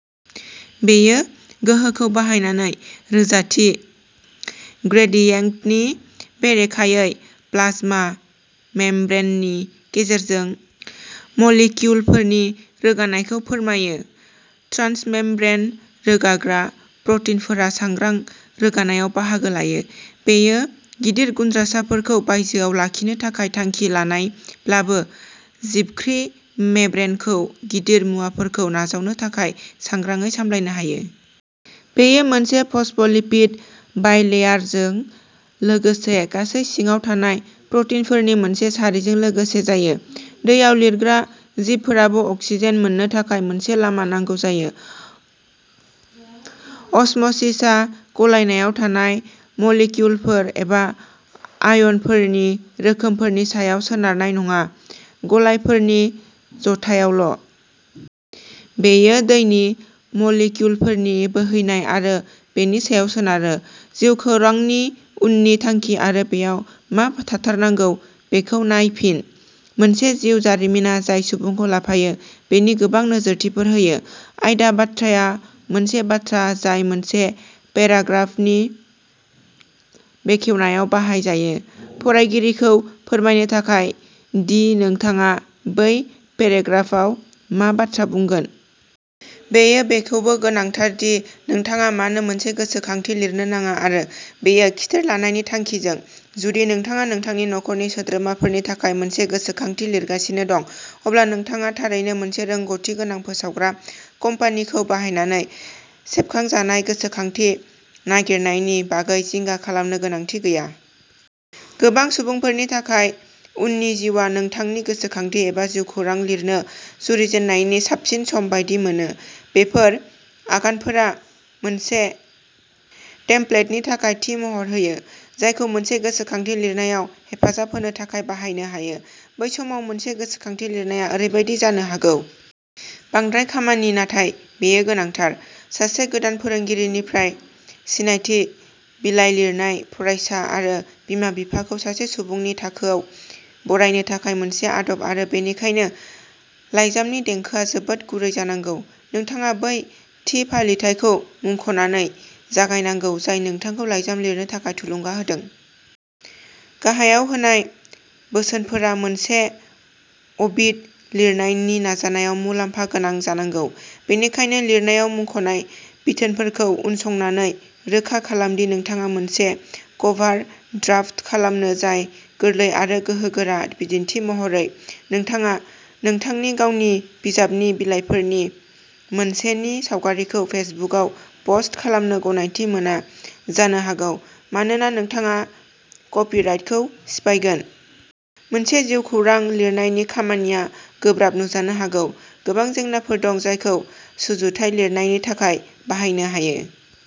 बेयो गोहोखौ बाहायनानै रोजाथि ग्रेडियेंटनि बेरेखायै प्लाज्मा मेम्ब्रेननि गेजेरजों मलिक्युलफोरनि रोगानायखौ फोरमायो। ट्रान्समेम्ब्रेन रोगाग्रा प्र'टिनफोरा सांग्रां रोगानायाव बाहागो लायो। बेयो गिदिर गुनद्रासाफोरखौ बायजोआव लाखिनो थाखाय थांखि लाजानायब्लाबो, जिबख्रि मेम्ब्रेनखौ गिदिर मुवाफोरखौ नाजावनो थाखाय सांग्रांङै सामलायनो हायो। बेयो मोनसे फस्फ'लिपिड बाइलेयारजों लोगोसे गासै सिंङाव थानाय प्र'टिनफोरनि मोनसे सारिजों लोगोसे जायो। दैयाव लिरग्रा जिबफोराबो अक्सिजेन मोन्नो थाखाय मोनसे लामा नांगौ जायो। असम'सिसआ गलायनायाव थानाय मलिक्युलफोर एबा आयनफोरनि रोखोमफोरनि सायाव सोनारनाय नंङा, गलायफोरनि जथायावल'। बेयो दैनि मलिक्युलफोरनि बोहैनाय आरो बेनि सायाव सोनारो। जिउखौरांनि उननि थांखि आरो बेयाव मा थाथारनांगौ बेखौ नायफिन। मोनसे जिउ जारिमिना जाय सुबुंखौ लाफायो बिनि गोबां नोजोरथिफोर होयो। आयदा बाथ्राआ मोनसे बाथ्रा जाय मोनसे पेराग्राफानि बेखेवनायाव बाहाय जायो, फरायगिरिखौ फोरमायनो थाखाय दि नोंथांङा बै पेराग्राफआव मा बाथ्रा बुंगोन। बेयो बेखौबो गोनांथार दि नोंथांङा मानो मोनसे गोसोखांथि लिरनो नांङा आरो बेयो खिथेर लानायनि थांखिजों। जुदि नोंथांङा नोंथांनि नखरनि सोद्रोमाफोरनि थाखाय मोनसे गोसोखांथि लिरगासिनो दं, अब्ला नोंथांङा थारैनो मोनसे रोंग'थि गोनां फोसावग्रा कम्पानिखौ बाहायनानै सेबखांजानाय गोसोखांथि नागिरनायनि बागै जिंगा खालामनो गोनांथि गैया। गोबां सुबुंफोरनि थाखाय, उननि जिउआ नोंथांनि गोसोखांथि एबा जिउखौरां लिरनो जुरिजेननायनि साबसिन सम बायदि मोनो। बेफोर आगानफोरा मोनसे टेमप्लेटनि थाखाय थि महर होयो, जायखौ मोनसे गोसोखांथि लिरनायाव हेफाजाब होनो थाखाय बाहायनो हायो। बै समाव मोनसे गोसोखांथि लिरनाया ओरैबायदि जानो हागौ। बांद्राय खामानि, नाथाय बेयो गोनांथार। सासे गोदान फोरोंगिरिनिफ्राय सिनायथि बिलाय लिरनाया फरायसा आरो बिमा-बिफाखौ सासे सुबुंनि थाखोयाव बरायनो थाखाय मोनसे आदब आरो बेनिखायनो, लाइजामनि देंखोआ जोबोद गुरै जानांगौ। नोंथांङा बै थि फालिथायखौ मुंख'नानै जागायनांगौ जाय नोंथांखौ लाइजाम लिरनो थाखाय थुलुंगा होदों। गाहायाव होनाय बोसोनफोरा मोनसे अबिट लिरनायनि नाजानायाव मुलाम्फा गोनां जानांगौ। बेनिखायनो, लिरनायाव मुंख'नाय बिथोनफोरखौ उनसंनानै रोखा खालाम दि नोंथांङा मोनसे कभार ड्राफ्ट खालामो जाय गोरलै आरो गोहोगोरा। बिदिन्थि महरै, नोंथांङा नोंथांनि गावनि बिजाबनि बिलाइफोरनि मोनसेनि सावगारिखौ फेसबुकआव पस्ट खालामनो गनायथि मोना जानो हागौ, मानोना नोंथांङा कपिराइटखौ सिफायगोन। मोनसे जिउखौरां लिरनायनि खामानिया गोब्राब नुजानो हागौ। गोबां जेंनाफोर दं जायखौ सुजुथाय लिरनायनि थाखाय बाहायनो हायो।